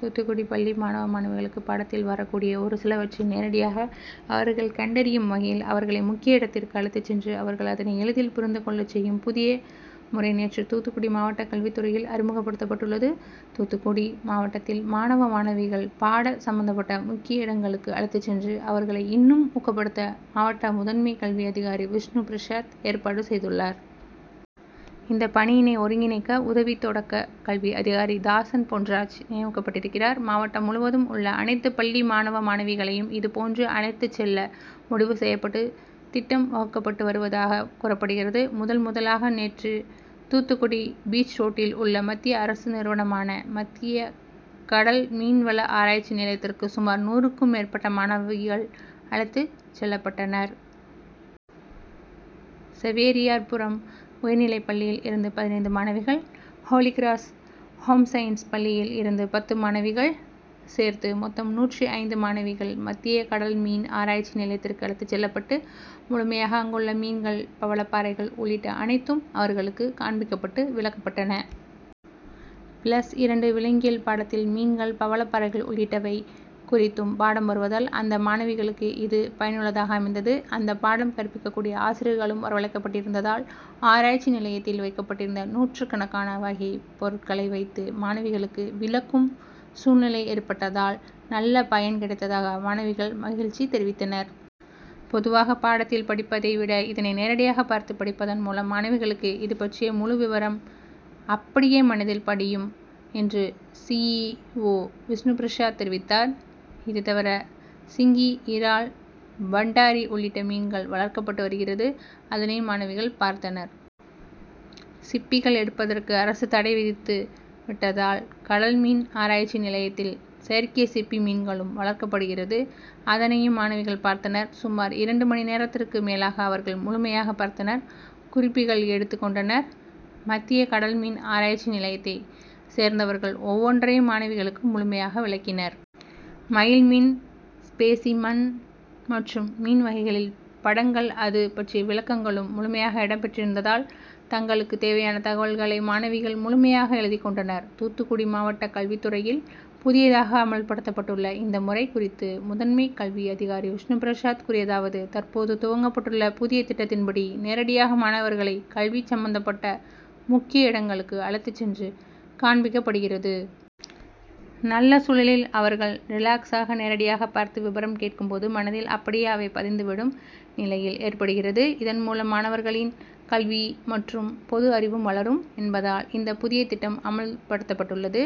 தூத்துக்குடி பள்ளி மாணவ, மாணவிகளுக்கு பாடத்தில் வரக் கூடிய ஒரு சிலவற்றை நேரடியாக அவர்கள் கண்டறியும் வகையில் அவர்களை முக்கிய இடத்திற்கு அழைத்து சென்று அவர்கள் அதனை எளிதில் புரிந்து கொள்ள செய்யும் புதிய முறை நேற்று தூத்துக்குடி மாவட்ட கல்வித்துறையில் அறிமுகப்படுத்தப்பட்டுள்ளது. தூத்துக்குடி மாவட்டத்தில் மாணவ, மாணவிகள் பாட சம்பந்தபட்ட முக்கிய இடங்களுக்கு அழைத்து சென்று அவர்களை இன்னும் ஊக்கப்படுத்த மாவட்ட முதன்மை கல்வி அதிகாரி விஷ்ணுபிரசாத் ஏற்பாடு செய்துள்ளார். இந்த பணியினை ஒருங்கிணைக்க உதவி தொடக்க கல்வி அதிகாரி தாசன் பொன்ராஜ் நியமிக்கப்பட்டிருக்கிறார். மாவட்டம் முழுவதும் உள்ள அனைத்து பள்ளி மாணவ, மாணவிகளையும் இது போன்று அழைத்து செல்ல முடிவு செய்யப்பட்டு திட்டம் வகுக்கப்பட்டு வருவதாக கூறப்படுகிறது. முதல், முதலாக நேற்று தூத்துக்குடி பீச் ரோட்டில் உள்ள மத்திய அரசு நிறுவனமான மத்திய கடல் மீன்வள ஆராய்ச்சி நிலையத்திற்கு சுமார் நூறுக்கும் மேற்பட்ட மாணவிகள் அழைத்து செல்லப்பட்டனர். சவேரியார்புரம் உயர்நிலைப் பள்ளியில் இருந்து பதினைந்து மாணவிகள், ஹோலிகிராஸ் ஹோம் சயின்ஸ் பள்ளியில் இருந்து பத்து மாணவிகள் சேர்த்து மொத்தம் நூற்று ஐந்து மாணவிகள் மத்திய கடல் மீன் ஆராய்ச்சி நிலையத்திற்கு அழைத்து செல்லப்பட்டு முழுமையாக அங்குள்ள மீன்கள், பவளப்பாறைகள் உள்ளிட்ட அனைத்தும் அவர்களுக்கு காண்பிக்கப்பட்டு விளக்கப்பட்டன. பிளஸ் இரண்டு விலங்கியல் பாடத்தில் மீன்கள், பவளப்பாறைகள் உள்ளிட்டவை குறித்து பாடம் வருவதால் அந்த மாணவிகளுக்கு இது பயனுள்ளதாக அமைந்தது. அந்த பாடம் கற்பிக்க கூடிய ஆசிரியர்களும் வரவழைக்கப்பட்டிருந்ததால் ஆராய்ச்சி நிலையத்தில் வைக்கப்பட்டிருந்த நூற்றுக்கணக்கான வகை பொருட்களை வைத்து மாணவிகளுக்கு விளக்கும் சூழ்நிலை ஏற்பட்டதால் நல்ல பயன் கிடைத்ததாக மாணவிகள் மகிழ்ச்சி தெரிவித்தனர். பொதுவாக பாடத்தில் படிப்பதை விட இதனை நேரடியாக பார்த்து படிப்பதன் மூலம் மாணவிகளுக்கு இது பற்றிய முழு விபரம் அப்படியே மனதில் படியும் என்று சி. இ. ஓ விஷ்ணுபிரசாத் தெரிவித்தார். இது தவிர சிங்கி இரால், பண்டாரி உள்ளிட்ட மீன்கள் வளர்க்கப்பட்டு வருகிறது. அதனையும் மாணவிகள் பார்த்தனர். சிப்பிகள் எடுப்பதற்கு அரசு தடை விதித்து விட்டதால் கடல் மீன் ஆராய்ச்சி நிலையத்தில் செயற்கை சிப்பி மீன்களும் வளர்க்கப்படுகிறது. அதனையும் மாணவிகள் பார்த்தனர். சுமார் இரண்டு மணி நேரத்திற்கு மேலாக அவர்கள் முழுமையாக பார்த்தனர். குறிப்புகள் எடுத்து கொண்டனர். மத்திய கடல்மீன் ஆராய்ச்சி நிலையத்தை சேர்ந்தவர்கள் ஒவ்வொன்றையும் மாணவிகளுக்கு முழுமையாக விளக்கினர். மயில் மீன் ஸ்பெசிமன் மற்றும் மீன் வகைகளின் படங்கள், அது பற்றிய விளக்கங்களும் முழுமையாக இடம் பெற்றிருந்ததால் தங்களுக்கு தேவையான தகவல்களை மாணவிகள் முழுமையாக எழுதிக் கொண்டனர். தூத்துக்குடி மாவட்ட கல்வித்துறையில் புதியதாக அமல்படுத்தப்பட்டுள்ள இந்த முறை குறித்து முதன்மை கல்வி அதிகாரி விஷ்ணுபிரசாத் கூறியதாவது தற்போது துவக்கப்பட்டுள்ள புதிய திட்டத்தின்படி நேரடியாக மாணவர்களை கல்வி சம்பந்தப்பட்ட முக்கிய இடங்களுக்கு அழைத்து சென்று காண்பிக்கப்படுகிறது. நல்ல சூழலில் அவர்கள் ரிலாக்ஸ் ஆக நேரடியாக பார்த்து விபரம் கேட்கும் போது மனதில் அப்படியே அவை பதிந்து விடும் நிலை ஏற்படுகிறது. இதன் மூலம் மாணவர்களின் கல்வி மற்றும் பொது அறிவும் வளரும் என்பதால் இந்த புதிய திட்டம் அமல்படுத்தப்பட்டுள்ளது.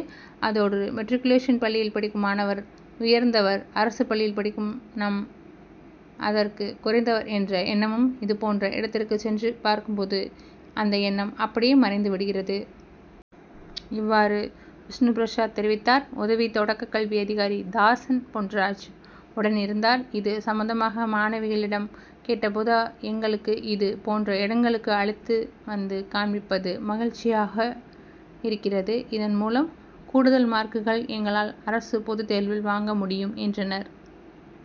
அதோடு மெட்ரிக்குலேஷன் பள்ளியில் படிக்கும் மாணவர் உயர்ந்தவர், அரசு பள்ளியில் படிக்கும் நாம் அதற்கு குறைந்தவர் என்ற எண்ணமும் இதுபோன்ற இடத்திற்கு சென்று பார்க்கும் போது அந்த எண்ணம் அப்படியே மறைந்து விடுகிறது. இவ்வாறு விஷ்ணுபிரசாத் தெரிவித்தார். உதவி தொடக்க கல்வி அதிகாரி தாசன் பொன்ராஜ் உடனிருந்தார். இது சம்பந்தமாக மாணவிகளிடம் கேட்ட போது, எங்களுக்கு இது போன்ற இடங்களுக்கு அழைத்து வந்து காண்பிப்பது மகிழ்ச்சியாக இருக்கிறது. இதன் மூலம் கூடுதல் மார்க்குகள் எங்களால் அரசு பொது தேர்வில் வாங்க முடியும் என்றனர்.